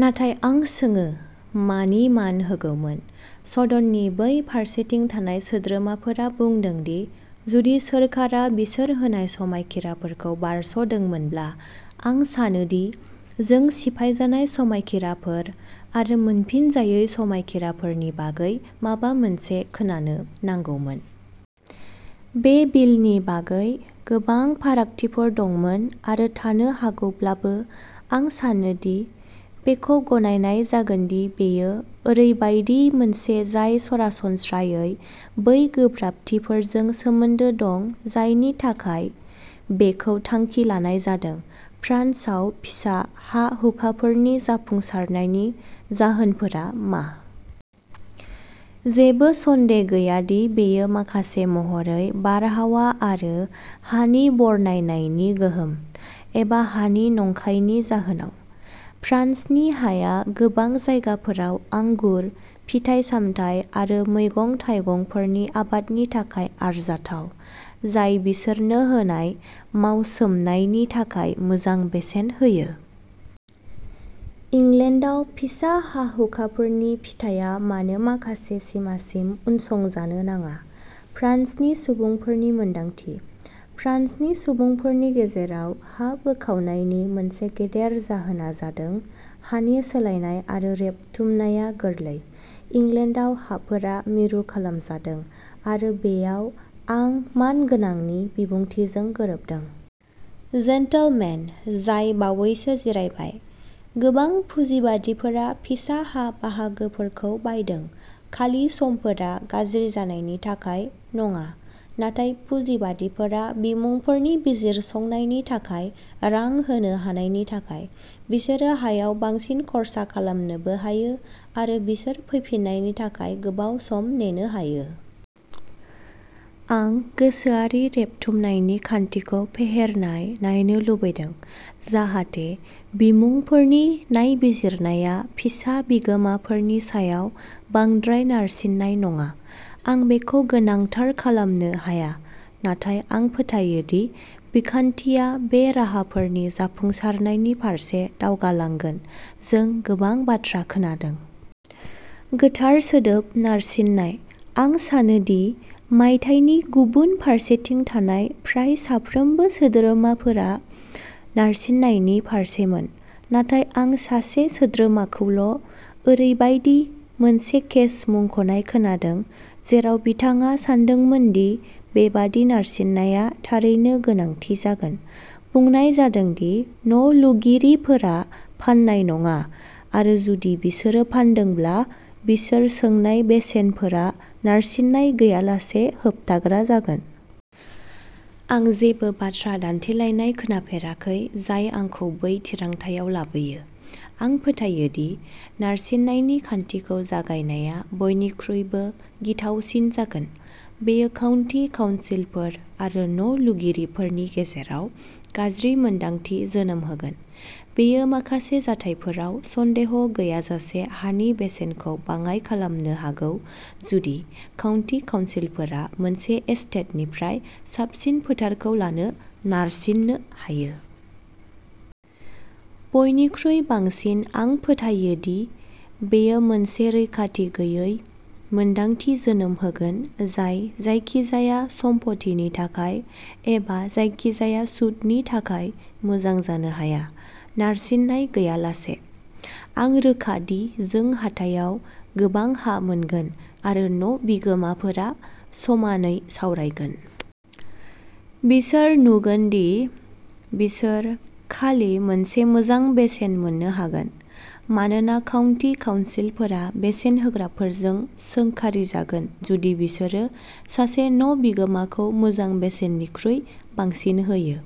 नाथाय आं सोङो मानि मान होगौमोन। सदननि बै फारसेथिं थानाय सोद्रोमाफोरा बुंदों दि जुदि सोरखारा बिसोर होनाय समायखिराफोरखौ बारस'दोंमोनब्ला? आं सानो दि जों सिफायजानाय समायखिराफोर आरो मोनफिनजायै समायखिराफोरनि बागै माबा मोनसे खोनानो नांगौमोन। बे बिलनि बागै गोबां फारागथिफोर दंमोन आरो थानो हागौब्लाबो, आं सानो दि बेखौ गनायनाय जागोन दि बेयो ओरैबायदि मोनसे जाय सरासनस्रायै बै गोब्राबथिफोरजों सोमोन्दो दं जायनि थाखाय बेखौ थांखि लानाय जादों। फ्रान्सआव फिसा हा-हुखाफोरनि जाफुंसारनायनि जाहोनफोरा मा? जेबो सन्देह गैया दि बेयो माखासे महरै बारहावा आरो हानि बरनायनायनि गोहोम, एबा हानि नंखायनि जाहोनाव। फ्रान्सनि हाया गोबां जायगाफोराव आंगुर, फिथाइ-सामथाइ आरो मैगं-थाइगंफोरनि आबादनि थाखाय आरजाथाव, जाय बिसोरनो होनाय मावसोमनायनि थाखाय मोजां बेसेन होयो। इंलेन्डआव फिसा हा-हुखाफोरनि फिथाया मानो माखासे सिमासिम उनसंजानो नाङा। फ्रान्सनि सुबुंफोरनि मोन्दांथि? फ्रान्सनि सुबुंफोरनि गेजेराव हा बोखावनायनि मोनसे गेदेर जाहोना जादों हानि सोलायनाय आरो रेबथुमनाया गोरलै। इंलेन्डआव हाफोरा मिरु खालामजादों, आरो बेयाव आं मानगोनांनि बिबुंथिजों गोरोबदों। जेन्टलमेन जाय बावैसो जिरायबाय। गोबां पुजिबादिफोरा फिसा हा-बाहागोफोरखौ बायदों, खालि समफोरा गाज्रि जानायनि थाखाय नङा, नाथाय पुजिबादिफोरा बिमुंफोरनि बिजिरसंनायनि थाखाय रां होनो हानायनि थाखाय। बिसोरो हायाव बांसिन खर्सा खालामनोबो हायो, आरो बिसोर फैफिन्नायनि थाखाय गोबाव सम नेनो हायो। आं गोसोआरि रेबथुमनायनि खान्थिखौ फेहेरनाय नायनो लुबैदों जाहाथे बिमुंफोरनि नायबिजिरनाया फिसा बिगोमाफोरनि सायाव बांद्राय नारसिननाय नङा। आं बेखौ गोनांथार खालामनो हाया, नाथाय आं फोथायो दि बिखान्थिया बे राहाफोरनि जाफुंसारनायनि फारसे दावगालांगोन। जों गोबां बाथ्रा खोनादों। गोथार सोदोब "नारसिननाय"। आं सानो दि मायथाइनि गुबुन फारसेथिं थानाय फ्राय साफ्रोमबो सोद्रोमाफोरा नारसिननायनि फारसेमोन। नाथाय आं सासे सोद्रोमाखौल'ओरैबायदि मोनसे केस मुंख'नाय खोनादों जेराव बिथाङा सानदोंमोन दि बेबादि नारसिननाया थारैनो गोनांथि जागोन। बुंनाय जादों दि न'लुगिरिफोरा फान्नाय नङा, आरो जुदि बिसोरो फान्दोंब्ला, बिसोर सोंनाय बेसेनफोरा नारसिननाय गैयालासे होबथाग्रा जागोन। आं जेबो बाथ्रा दान्थेलायनाय खोनाफेराखै जाय आंखौ बै थिरांथायाव लाबोयो। आं फोथायो दि नारसिननायनि खान्थिखौ जागायनाया बयनिख्रुइबो गिथावसिन जागोन। बेयो काउन्टि काउन्सिलफोर आरो न'लुगिरिफोरनि गेजेराव गाज्रि मोन्दांथि जोनोम होगोन। बेयो, माखासे जाथायफोराव, सन्देह गैयाजासे हानि बेसेनखौ बाङाइ खालामनो हागौ जुदि काउन्टि काउन्सिलफोरा मोनसे एस्टेटनिफ्राय साबसिन फोथारखौ लानो नारसिननो हायो। बयनिख्रुइ बांसिन, आं फोथायो दि बेयो मोनसे रैखाथि गैयै मोन्दांथि जोनोम होगोन जाय जायखिजाया सम्पथिनि थाखाय एबा जायखिजाया सुदनि थाखाय मोजां जानो हाया। नारसिननाय गैयालासे। आं रोखा दि जों हाथायाव गोबां हा मोनगोन, आरो न'बिगोमाफोरा समानै सावरायगोन। बिसोर नुगोन दि बिसोर खालि मोनसे मोजां बेसेन मोननो हागोन, मानोना काउन्टि काउन्सिलफोरा बेसेन होग्राफोरजों सोंखारिजागोन जुदि बिसोरो सासे न'बिगोमाखौ मोजां बेसेननिख्रुइ बांसिन होयो।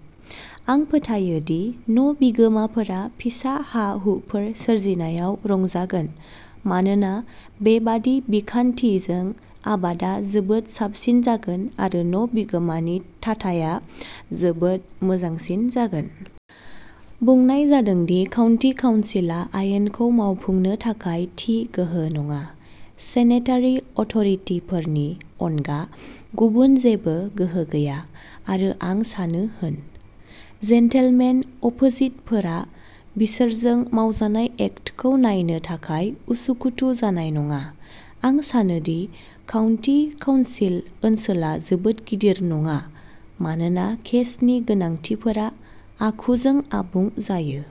आं फोथायो दि न'बिगोमाफोरा फिसा हा-हुफोर सोरजिनायाव रंजागोन, मानोना बेबादि बिखान्थिजों आबादा जोबोद साबसिन जागोन आरो न'बिगोमानि थाथाया जोबोद मोजांसिन जागोन। बुंनाय जादों दि काउन्टि काउन्सिलआ आयेनखौ मावफुंनो थाखाय थि गोहो नङा। सेनेटारि अथ'रिटिफोरनि अनगा गुबुन जेबो गोहो गैया, आरो आं सानो होन। जेनटेलमेन अपोजिटफोरा बिसोरजों मावजानाय एक्टखौ नायनो थाखाय उसुखुथु जानाय नङा। आं सानो दि काउन्टि काउन्सिल ओनसोला जोबोद गिदिर नङा, मानोना केसनि गोनांथिफोरा आखुजों आबुं जायो।